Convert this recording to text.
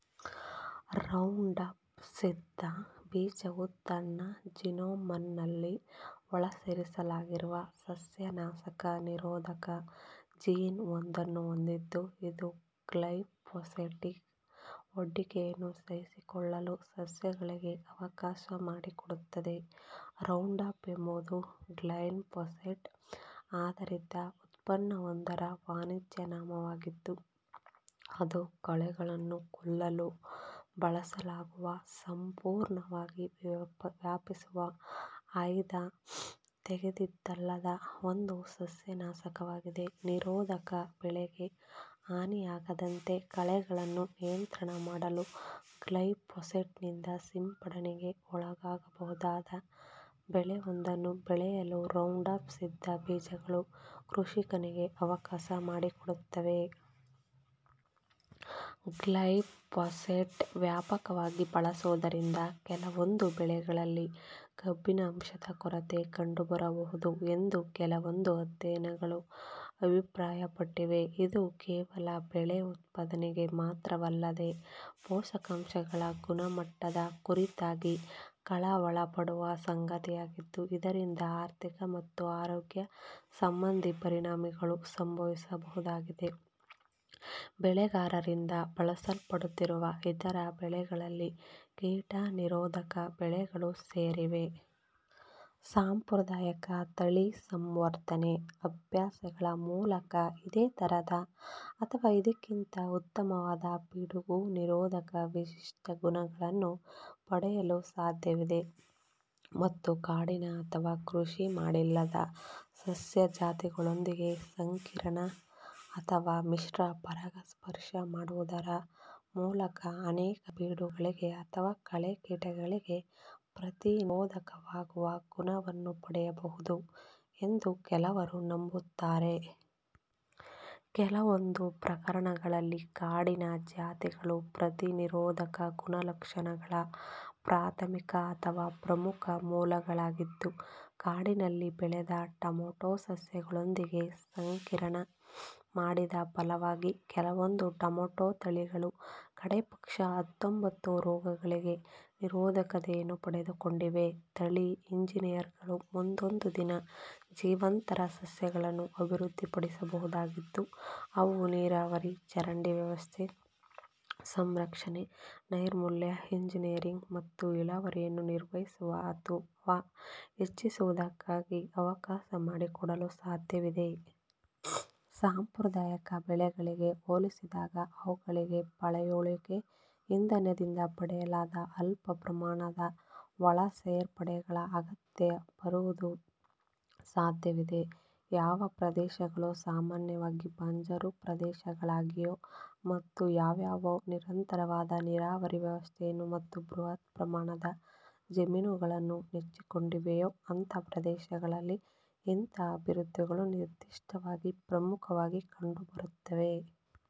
ರೌಂಡಪ್-ಸಿದ್ಧ ಬೀಜವು ತನ್ನ ಜೀನೋಮ್ನಲ್ಲಿ ಒಳಸೇರಿಸಲಾಗಿರುವ ಸಸ್ಯನಾಶಕ ನಿರೋಧಕ ಜೀನ್ ಒಂದನ್ನು ಹೊಂದಿದ್ದು, ಇದು ಗ್ಲೈಫೋಸೇಟ್ಗೆ ಒಡ್ಡಿಕೆಯನ್ನು ಸಹಿಸಿಕೊಳ್ಳಲು ಸಸ್ಯಗಳಿಗೆ ಅವಕಾಶಮಾಡಿಕೊಡುತ್ತದೆ. ರೌಂಡಪ್ ಎಂಬುದು ಗ್ಲೈಫೋಸೇಟ್ ಆಧರಿತ ಉತ್ಪನ್ನವೊಂದರ ವಾಣಿಜ್ಯನಾಮವಾಗಿದ್ದು, ಅದು ಕಳೆಗಳನ್ನು ಕೊಲ್ಲಲು ಬಳಸಲಾಗುವ, ಸಂಪೂರ್ಣವಾಗಿ ವ್ಯಾಪಿಸುವ, ಆಯ್ದು ತೆಗೆದದ್ದಲ್ಲದ ಒಂದು ಸಸ್ಯನಾಶಕವಾಗಿದೆ. ನಿರೋಧಕ ಬೆಳೆಗೆ ಹಾನಿಯಾಗದಂತೆ ಕಳೆಗಳನ್ನು ನಿಯಂತ್ರಣ ಮಾಡಲು, ಗ್ಲೈಫೋಸೈಟ್ನಿಂದ ಸಿಂಪಡಣೆಗೆ ಒಳಗಾಗಬಹುದಾದ ಬೆಳೆಯೊಂದನ್ನು ಬೆಳೆಯಲು ರೌಂಡಪ್-ಸಿದ್ಧ ಬೀಜಗಳು ಕೃಷಿಕನಿಗೆ ಅವಕಾಶ ಮಾಡಿಕೊಡುತ್ತವೆ. ಗ್ಲೈಪೋಸೇಟ್ನ್ನು ವ್ಯಾಪಕವಾಗಿ ಬಳಸುವುದರಿಂದ ಕೆಲವೊಂದು ಬೆಳೆಗಳಲ್ಲಿ ಕಬ್ಬಿಣಾಂಶದ ಕೊರತೆ ಕಂಡುಬರಬಹುದು ಎಂದು ಕೆಲವೊಂದು ಅಧ್ಯಯನಗಳು ಅಭಿಪ್ರಾಯಪಟ್ಟಿವೆ. ಇದು ಕೇವಲ ಬೆಳೆ ಉತ್ಪಾದನೆಗೆ ಮಾತ್ರವಲ್ಲದೆ, ಪೌಷ್ಟಿಕಾಂಶಗಳ ಗುಣಮಟ್ಟದ ಕುರಿತಾಗಿ ಕಳವಳಪಡುವ ಸಂಗತಿಯಾಗಿದ್ದು, ಇದರಿಂದ ಆರ್ಥಿಕ ಮತ್ತು ಆರೋಗ್ಯ ಸಂಬಂಧಿ ಪರಿಣಾಮಗಳೂ ಸಂಭವಿಸಬಹುದಾಗಿದೆ. ಬೆಳೆಗಾರರಿಂದ ಬಳಸಲ್ಪಡುತ್ತಿರುವ ಇತರ ಬೆಳೆಗಳಲ್ಲಿ ಕೀಟ-ನಿರೋಧಕ ಬೆಳೆಗಳು ಸೇರಿವೆ. ಸಾಂಪ್ರದಾಯಿಕ ತಳಿ ಸಂವರ್ಧನೆ ಅಭ್ಯಾಸಗಳ ಮೂಲಕ ಇದೇ ಥರದ ಅಥವಾ ಇದಕ್ಕಿಂತ ಉತ್ತಮವಾದ ಪಿಡುಗು-ನಿರೋಧಕ ವಿಶಿಷ್ಟ ಗುಣಗಳನ್ನು ಪಡೆಯಲು ಸಾಧ್ಯವಿದೆ, ಮತ್ತು ಕಾಡಿನ ಅಥವಾ ಕೃಷಿಮಾಡಿಲ್ಲದ ಸಸ್ಯ ಜಾತಿಗಳೊಂದಿಗೆ ಸಂಕರೀಕರಣ ಅಥವಾ ಮಿಶ್ರ-ಪರಾಗಸ್ಪರ್ಶ ಮಾಡುವುದರ ಮೂಲಕ ಅನೇಕ ಪಿಡುಗುಗಳಿಗೆ ಅಥವಾ ಕಳೆ-ಕೀಟಗಳಿಗೆ ಪ್ರತಿರೋಧಕವಾಗುವ ಗುಣವನ್ನು ಪಡೆಯಬಹುದು ಎಂದು ಕೆಲವರು ನಂಬುತ್ತಾರೆ. ಕೆಲವೊಂದು ಪ್ರಕರಣಗಳಲ್ಲಿ, ಕಾಡಿನ ಜಾತಿಗಳು ಪ್ರತಿರೋಧಕ ಗುಣಲಕ್ಷಣಗಳ ಪ್ರಾಥಮಿಕ ಅಥವಾ ಪ್ರಮುಖ ಮೂಲಗಳಾಗಿದ್ದು, ಕಾಡಿನಲ್ಲಿ ಬೆಳೆದ ಟೊಮ್ಯಾಟೋ ಸಸ್ಯಗಳೊಂದಿಗೆ ಸಂಕರೀಕರಣ ಮಾಡಿದ ಫಲವಾಗಿ ಕೆಲವೊಂದು ಟೊಮ್ಯಾಟೋ ತಳಿಗಳು ಕಡೇಪಕ್ಷ ಹತ್ತೊಂಬತ್ತು ರೋಗಗಳಿಗೆ ನಿರೋಧಕತೆಯನ್ನು ಪಡೆದುಕೊಂಡಿವೆ. ತಳಿ ಎಂಜಿನಿಯರುಗಳು ಮುಂದೊಂದು ದಿನ ಜೀವಾಂತರ ಸಸ್ಯಗಳನ್ನು ಅಭಿವೃದ್ಧಿಪಡಿಸಬಹುದಾಗಿದ್ದು, ಅವು ನೀರಾವರಿ, ಚರಂಡಿ ವ್ಯವಸ್ಥೆ, ಸಂರಕ್ಷಣೆ ನೈರ್ಮಲ್ಯ ಎಂಜಿನಿಯರಿಂಗ್, ಮತ್ತು ಇಳುವರಿಯನ್ನು ನಿರ್ವಹಿಸುವ ಅಥವಾ ಹೆಚ್ಚಿಸುವುದಕ್ಕೆ ಅವಕಾಶ ಮಾಡಿಕೊಡಲು ಸಾಧ್ಯವಿದೆ. ಸಾಂಪ್ರದಾಯಿಕ ಬೆಳೆಗಳಿಗೆ ಹೋಲಿಸಿದಾಗ, ಅವುಗಳಿಗೆ ಪಳೆಯುಳಿಕೆ ಇಂಧನದಿಂದ ಪಡೆಯಲಾದ ಅಲ್ಪ ಪ್ರಮಾಣದ ಒಳಸೇರ್ಪಡೆಗಳ ಅಗತ್ಯ ಬರುವುದು ಸಾಧ್ಯವಿದೆ. ಯಾವ ಪ್ರದೇಶಗಳು ಸಾಮಾನ್ಯವಾಗಿ ಬಂಜರು ಪ್ರದೇಶಗಳಾಗಿವೆಯೋ ಮತ್ತು ಯಾವುವು ನಿರಂತರವಾದ ನೀರಾವರಿ ವ್ಯವಸ್ಥೆಯನ್ನು, ಮತ್ತು ಬೃಹತ್ ಪ್ರಮಾಣದ ಜಮೀನುಗಳನ್ನು ನೆಚ್ಚಿಕೊಂಡಿವೆಯೋ, ಅಂಥ ಪ್ರದೇಶಗಳಲ್ಲಿ ಇಂಥ ಅಭಿವದ್ಧಿಗಳು ನಿರ್ದಿಷ್ಟವಾಗಿ ಪ್ರಮುಖವಾಗಿ ಕಂಡುಬರುತ್ತವೆ.